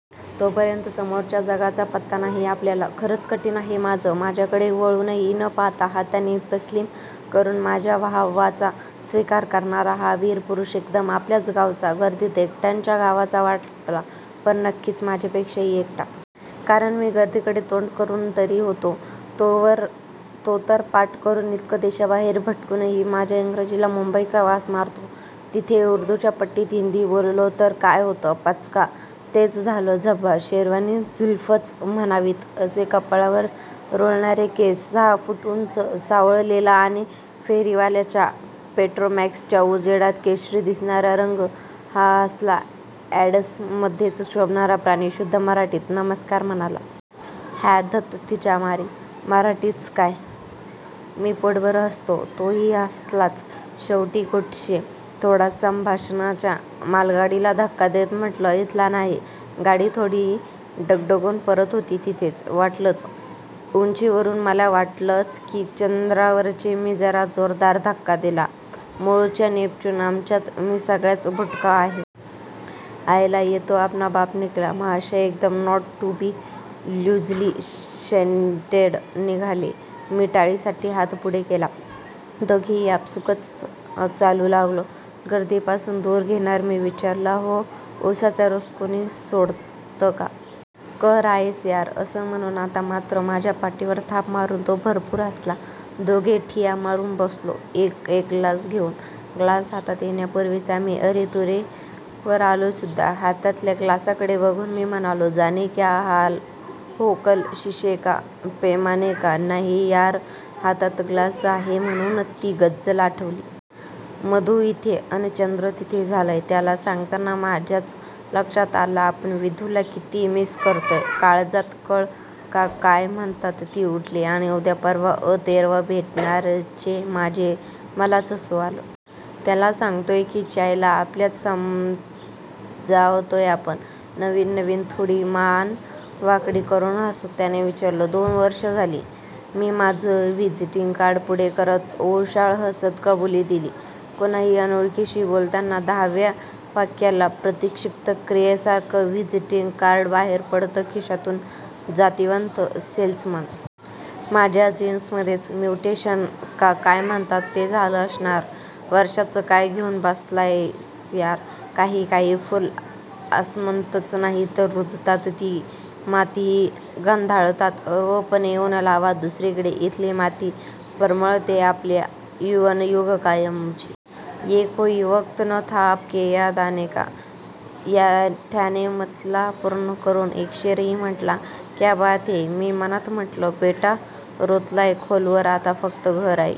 तोपर्यंत समोरच्या जगाचा पत्ता नाही आपल्याला. खरच कठीण आहे माझं. माझ्याकडे वळुनही न पहाता हाताने तस्लीम करून माझ्या वाहवाचा स्वीकार करणारा हा वीर पुरुष एकदम आपल्याच गावचा, 'गर्दीत एकट्यांच्या गावचा' वाटला. पण नक्कीच माझ्यापेक्षाही एकटा. कारण मी गर्दीकडे तोंड करूनतरी होतो, तो तर पाठ करून. इतकं देशाबाहेर भटकूनही माझ्या इंग्रजीला मुंबईचा वास मारतो तिथे उर्दूच्या पट्टीत हिंदी बोललो तर काय होतं? पचका! तेच झालं. झब्बा, शेरवानी, जुल्फंच म्हणावीत असे कपाळावर रुळणारे केस, सहा फूट उंच, सावळलेला आणि फेरीवाल्याच्या पेट्रोमॅक्सच्या उजेडात केशरी दिसणारा रंग हा असला अॅड्समध्येच शोभणारा प्राणी शुद्ध मराठीत, 'नमस्कार,' म्हणाला. "हॅ! धत तिच्या मारी, मराठीच का!! " मी पोटभर हसलो. तो ही हसलाच शेवटी. "कुठचे? " थोडा संभाषणाच्या मालगाडीला धक्का देत म्हटलं. "इथला नाही. " गाडी थोडी डगडगून परत होती तिथेच. "वाटलंच! उंची वरून मला वाटलंच, की चंद्रावरचे " मी जरा जोरदार धक्का दिला "मुळचा नेपच्यून, आमच्यात मी सगळ्यात बुटका आहे. " आयला ये तो अपना बाप निकला. महाशय एकदम 'not to be loosely shunted' निघाले. मी टाळीसाठी हात पुढे केला. दोघेही आपसूकच चालू लागलो, गर्दी पासून दूर. "घेणार? " मी विचारलं. "अहो, उसाचा रस कुणी सोडतं का? " "कहर आहेस, यार" अस म्हणून आता मात्रं माझ्या पाठीवर थाप मारून तो भरपूर हसला. दोघे ठिय्या मारून बसलो एक एक ग्लास घेऊन. ग्लास हातात येण्यापूर्वीच आम्ही अरे-तुरेवर आलोसुद्धा. हातातल्या ग्लासाकडे बघून मी म्हणालो "जाने क्या हाल हो कल शीशेका, पैमानेका, " "नाही यार, हातात ग्लास आहे म्हणून ती गझल आठवली. मधू इथे अन, चंद्र तिथे झालंय. " त्याला सांगताना माझ्याच लक्षात आलं आपण विदूला किती मिस करतोय. काळजात कळ का काय म्हणतात ती उठली. "आणि उद्या, परवा, अं. तेरवा भेटणारचये". माझं मलाच हसू आलं. त्याला सांगतोय की च्यायला आपल्यालाच समजावतोय आपण? "नवीन नवीन? " थोडी मान वाकडी करून हसत त्याने विचारलं. "दोन वर्ष झाली, " मी माझं व्हिजिटिंग कार्ड पुढे करत, ओशाळं हसंत कबुली दिली. कुणाही अनोळखीशी बोलताना दहाव्या वाक्याला प्रतिक्षिप्त क्रियेसारखं व्हिजिटिंग कार्ड बाहेर पडतं खिशातून जातिवंत सेल्समन! माझ्या जीन्स मध्येच म्युटेशन का काय म्हणतात ते झालं असणार. "वर्षांचं काय घेऊन बसलास यार, काही काही फुलं आसमंतच नाही तर रुजतात ती मातीही गंधाळतात. रोप नेऊन लावा दुसरीकडे, इथली माती परमळतेय आपली युगंनयुगं कायमची. " ये कोई वक्त न था आपके याद आने का" त्याने मतला पूर्ण करून एक शेरही म्हटला. "क्या बात है" मी मनात म्हटलं. "बेटा रुतलाय खोलवर आता फक्त गहराई--